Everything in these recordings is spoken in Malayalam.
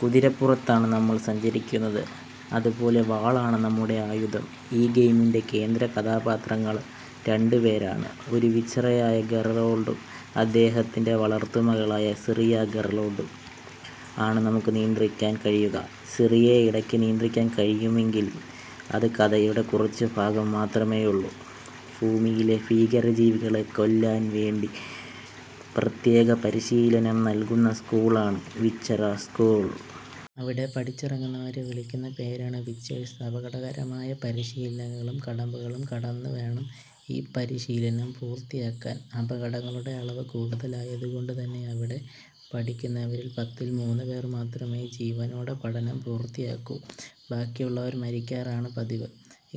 കുതിരപ്പുറത്താണ് നമ്മള് സഞ്ചരിക്കുന്നത്, അത്പോലെ വാളാണ് നമ്മുടെ ആയുധം. ഈ ഗെയിമിന്റെ കേന്ദ്രകഥാപാത്രങ്ങള് രണ്ടുപേരാണ്ഒരു വിച്ചറയായ ഗെറോള്ഡും, അദ്ദേഹത്തിന്റെ വളര്ത്തു മകളായ സിറിയഗെറാള്ഡും ആണ് നമുക്ക് നിയന്ത്രിക്കാന് കഴിയുക, സിറിയെ ഇടക്ക് നിയന്ത്രിക്കാന് കഴിയുമെങ്കിലും അത് കഥയുടെ കുറച്ചു ഭാഗത്തു മാത്രമേ ഉള്ളൂ. ഭൂമിയിലെ ഭീകരജീവികളെ കൊല്ലാന് വേണ്ടി പ്രത്യേക പരിശീലനം നല്കുന്ന സ്കൂള് ആണ് 'വിച്ചര സ്കൂള്'. അവിടെ പഠിച്ചിറങ്ങുന്നവരെ വിളിക്കുന്ന പേരാണ് 'വിച്ചേഴ്സ്'. അപകടകരമായ പരിശീലനങ്ങളും കടമ്പകളും കടന്നു വേണം ഈ പരിശീലനം പൂര്ത്തിയാക്കാന്. അപകടങ്ങളുടെ അളവ് കൂടുതല് ആയത് കൊണ്ട് തന്നെ അവിടെ പഠിക്കുന്നവരില് പത്തില് മൂന്നു പേര് മാത്രമേ ജീവനോടെ പഠനം പൂര്ത്തിയാക്കൂ. ബാക്കിയുള്ളവര് മരിക്കാറാണ് പതിവ്.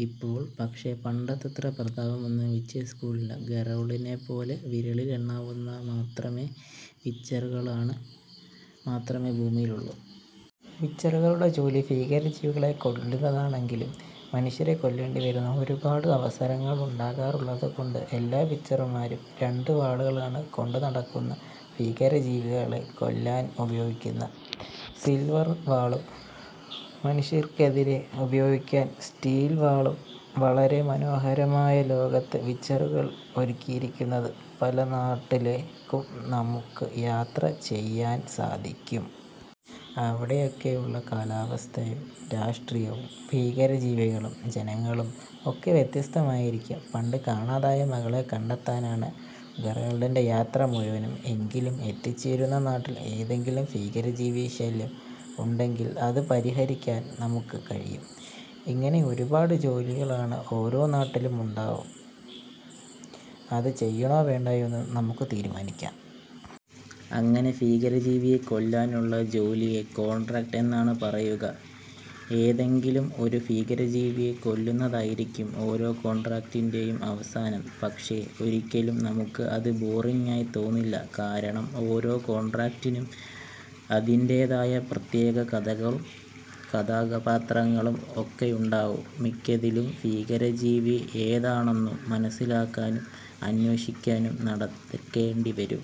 ഇപ്പൊള് പക്ഷേ പണ്ടത്തത്ര പ്രതാപമൊന്നും വിച്ചര് സ്കൂളിനില്ല, ഗെറാള്ഡിനേപ്പോലെ വിരളില് എണ്ണാവുന്ന മാത്രമേ വിച്ചറുകളാണ് മാത്രമേ ഭൂമിയിലുള്ളു. വിച്ചറുകളുടെ ജോലി ഭീകരജീവികളെ കൊല്ലുന്നത് ആണെങ്കിലും മനുഷ്യരെ കൊല്ലേണ്ടി വരുന്ന ഒരുപാട് അവസരങ്ങള് ഉണ്ടാകാറുള്ളതുകൊണ്ട് എല്ലാ വിച്ചര്മാരും രണ്ടുവാളാണ് കൊണ്ടുനടക്കുന്നത്ഭീകര ജീവികളെ കൊല്ലാന് ഉപയോഗിക്കുന്ന സിൽവര് വാളും, മനുഷ്യര്ക്കെതിരെ ഉപയോഗിക്കുന്ന സ്റ്റീല് വാളും. വളരെ മനോഹരമായ ലോകത് വിച്ചറുകൾ ഒരുക്കിയിരിക്കുന്നത്. പല നാട്ടിലേക്കും നമുക്ക് യാത്ര ചെയ്യാന് സാധിക്കും. അവിടെയൊക്കെയുളള കാലാവസ്ഥയും രാഷ്ട്രീയവും ഭീകരജീവികളും ജനങ്ങളും ഒക്കെ വ്യത്യസ്തം ആയിരിക്കും. പണ്ട് കാണാതായ മകളെ കണ്ടെത്താനാണ് ഗെറാള്ഡിന്റെ യാത്ര മുഴുവനും. എങ്കിലും എത്തിചേരുന്ന നാട്ടില് എന്തെങ്കിലും ഭീകരജീവി ശല്യം ഉണ്ടെങ്കില് അത് പരിഹരിക്കാൻ നമുക്ക് കഴിയും. അങ്ങിനത്തെ ഒരുപാട് ജോലികള് ഓരോ നാട്ടിലും ഉണ്ടാവും. അത് ചെയ്യണോ വേണ്ടയോ എന്ന് നമുക്ക് തീരുമാനിക്കാം. അങ്ങനെ ഭീകരജീവിയെ കൊല്ലാനുള്ള ജോലിയെ കോണ്ഡ്രാക്റ്റ് എന്നാണ് പറയുക. ഏതെങ്കിലും ഒരു ഭീകരജീവിയെ കൊല്ലുന്നതായിരിക്കും ഓരോ കോണ്ഡ്രാക്റ്റിന്റേയും അവസാനം. പക്ഷെ ഒരിക്കലും നമുക്ക് അത് ബോറിംഗ് ആയി തോന്നില്ല. കാരണം ഓരോ കോണ്ഡ്രാക്റ്റിനും അതിന്റേതായ പ്രത്യേക കഥകളും കഥാപാത്രങ്ങളും ഒക്കെയുണ്ടാവും. മിക്കതിലും ഭീകരജീവി ഏതാണെന്നു മനസിലാക്കാന് അന്വേഷിക്കാനും അന്വേഷിക്കാനും നടത്തേണ്ടി വരും.